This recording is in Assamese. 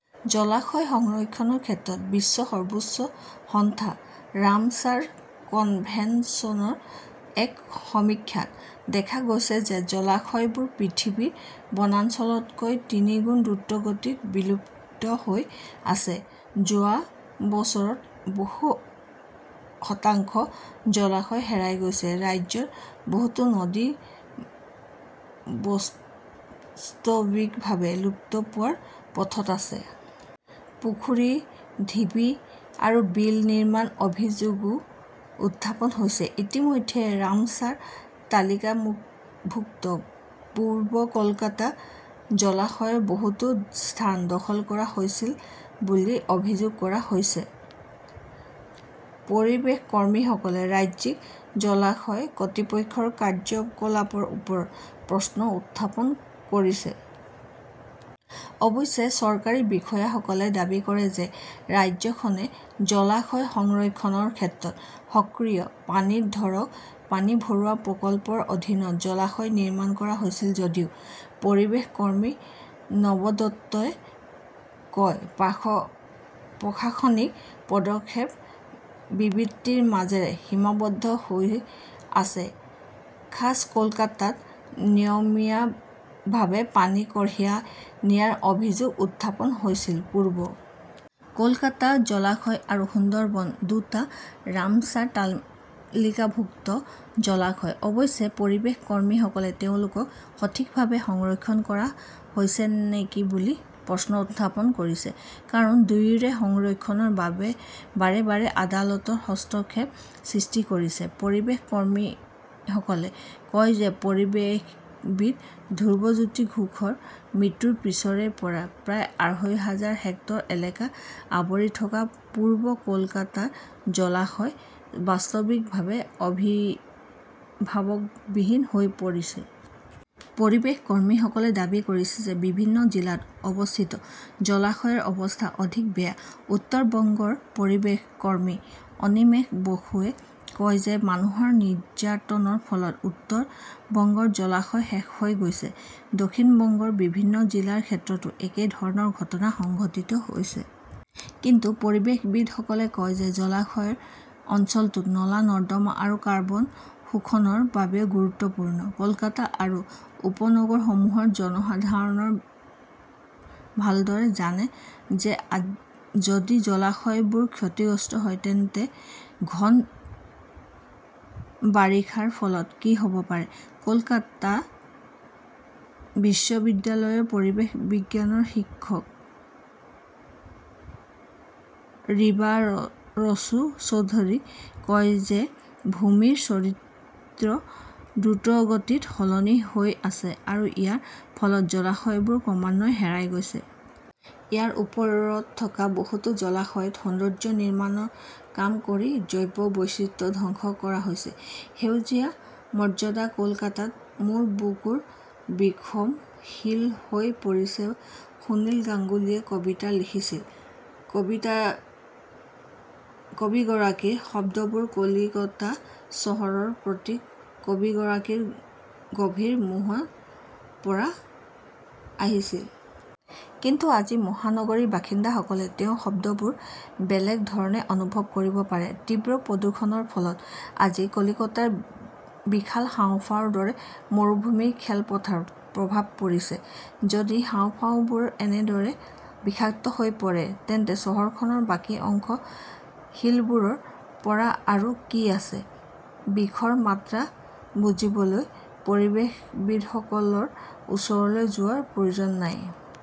জলাশয় সংৰক্ষণৰ ক্ষেত্ৰত বিশ্বৰ সৰ্বোচ্চ সংস্থা ৰামছাৰ কনভেনচনৰ এক সমীক্ষাত দেখা গৈছে যে জলাশয়বোৰ পৃথিৱীৰ বনাঞ্চলতকৈ তিনিগুণ দ্ৰুতগতিত বিলুপ্ত হৈ আছে। যোৱা বছৰত বহু শতাংশ জলাশয় হেৰাই গৈছে। ৰাজ্যখনত বহুতো নদী বাস্তৱিকভাৱে বিলুপ্ত হোৱাৰ পথত আছে। পুখুৰী, ঢিবি আৰু বিল নিৰ্মাণৰ অভিযোগও উত্থাপন হৈছে। ইতিমধ্যে ৰামছাৰ তালিকাভুক্ত পূব কলকাতা জলাশয়ৰ বহুতো স্থান দখল কৰা হৈছে বুলি অভিযোগ কৰা হৈছে। পৰিৱেশ কৰ্মীসকলে ৰাজ্যিক জলাশয় কৰ্তৃপক্ষৰ কাৰ্য্যকলাপৰ ওপৰতো প্ৰশ্ন উত্থাপন কৰিছে। অৱশ্যে, চৰকাৰী বিষয়াসকলে দাবী কৰে যে ৰাজ্যখনে জলাশয় সংৰক্ষণৰ ক্ষেত্ৰত সক্ৰিয়। পানী ধৰক, পানী ভৰো প্ৰকল্পৰ অধীনত জলাশয় নিৰ্মাণ কৰা হৈছে। যদিও পৰিৱেশ কৰ্মী নৱদত্তাই কয়, প্ৰশাসনিক পদক্ষেপ বিবৃতিৰ মাজতে সীমাবদ্ধ হৈ আছে। খাছ কলকাতাত নিয়মিতভাৱে পানী কঢ়িয়াই নিয়াৰ অভিযোগ উত্থাপন হৈছিল। পূব কলকাতা জলাশয় আৰু সুন্দৰবন, দুটা ৰামছাৰ তালিকাভুক্ত জলাশয়। অৱশ্যে, পৰিৱেশ কৰ্মীসকলে তেওঁলোকক সঠিকভাৱে সংৰক্ষণ কৰা হৈছে নেকি বুলি প্ৰশ্ন উত্থাপন কৰিছে। কাৰণ, দুয়োৰে সংৰক্ষণই বাৰে বাৰে আদালতৰ হস্তক্ষেপৰ সৃষ্টি কৰিছিল। পৰিৱেশ কৰ্মীসকলে কয় যে পৰিৱেশবিদ ধ্ৰবজ্যোতি ঘোষৰ মৃত্যুৰ পিছৰে পৰা প্ৰায় আঢ়ৈ হাজাৰ হেক্টৰ এলেকা আৱৰি থকা পূব কলকাতাৰ জলাশয় বাস্তৱিকভাৱে অভিভাৱকবিহীন হৈ পৰিছে। পৰিৱেশ কৰ্মীসকলে দাবী কৰিছে যে বিভিন্ন জিলাত অৱস্থিত জলাশয়ৰ অৱস্থা অধিক বেয়া। উত্তৰ বংগৰ পৰিৱেশ কৰ্মী অনিমেশ বসুৱে কয় যে মানুহৰ নিৰ্যাতনৰ ফলত উত্তৰ বংগৰ জলাশয় শেষ হৈ গৈছে। দক্ষিণ বংগৰ বিভিন্ন জিলাৰ ক্ষেত্ৰতো একে ধৰণৰ ঘটনা সংঘটিত হৈছে। কিন্তু পৰিৱেশবিদসকলে কয় যে জলাশয় অঞ্চলটোৰ নলা-নৰ্দমা আৰু কাৰ্বন শোষণৰ বাবে গুৰুত্বপূৰ্ণ। কলকাতা আৰু উপনগৰসমূহৰ জনসাধাৰণ ভালদৰে জানে যে যদি জলাশয়বোৰ ক্ষতিগ্ৰস্ত হয় তেন্তে ঘন বাৰিষাৰ ফলত কি হ'ব পাৰে। কলকাতা বিশ্ববিদ্যালয়ৰ পৰিৱেশ বিজ্ঞানৰ শিক্ষক ৰিবাৰসু চৌধুৰীয়ে কয় যে ভূমিৰ চৰিত্ৰ দ্ৰুতগতিত সলনি হৈ আছে আৰু ইয়াৰ ফলত জলাশয়বোৰ ক্ৰমান্বয়ে হেৰাই গৈছে। ইয়াৰ ওপৰত থকা বহুতো জলাশয়ত সৌন্দৰ্য্য নিৰ্মাণৰ কাম কৰি জৈৱ বৈচিত্ৰ্য ধ্বংস কৰা হৈছে। সেউজীয়াৰ মৰ্যাদা কলকাতা মোৰ বুকুৰ বিষম শিল হৈ পৰিছে সুনীল গাংগুলীয়ে কবিতাত লিখিছিল। কবিগৰাকীৰ শব্দবোৰ কলিকতা চহৰৰ প্ৰতি কবিগৰাকীৰ গভীৰ মোহৰ পৰা আহিছিল। কিন্তু আজি মহানগৰীৰ বাসিন্দাসকলে তেওঁৰ শব্দবোৰ বেলেগ ধৰণে অনুভৱ কৰিব পাৰে। তীব্ৰ প্ৰদূষণৰ ফলত আজি কলিকতাৰ বিশাল হাঁওফাঁওৰ দৰে মৰুভূমিৰ খেলপথাৰত প্ৰভাৱ পৰিছে। যদি হাঁওফাঁওবোৰ এনেদৰে বিষাক্ত হৈ পৰে, তেন্তে চহৰখনৰ বাকী অংশৰ শিলবোৰৰ পৰা আৰু কি আছে। বিষৰ মাত্ৰা বুজিবলৈ পৰিৱেশবিদসকলৰ ওচৰলৈ যোৱাৰ প্ৰয়োজন নাই।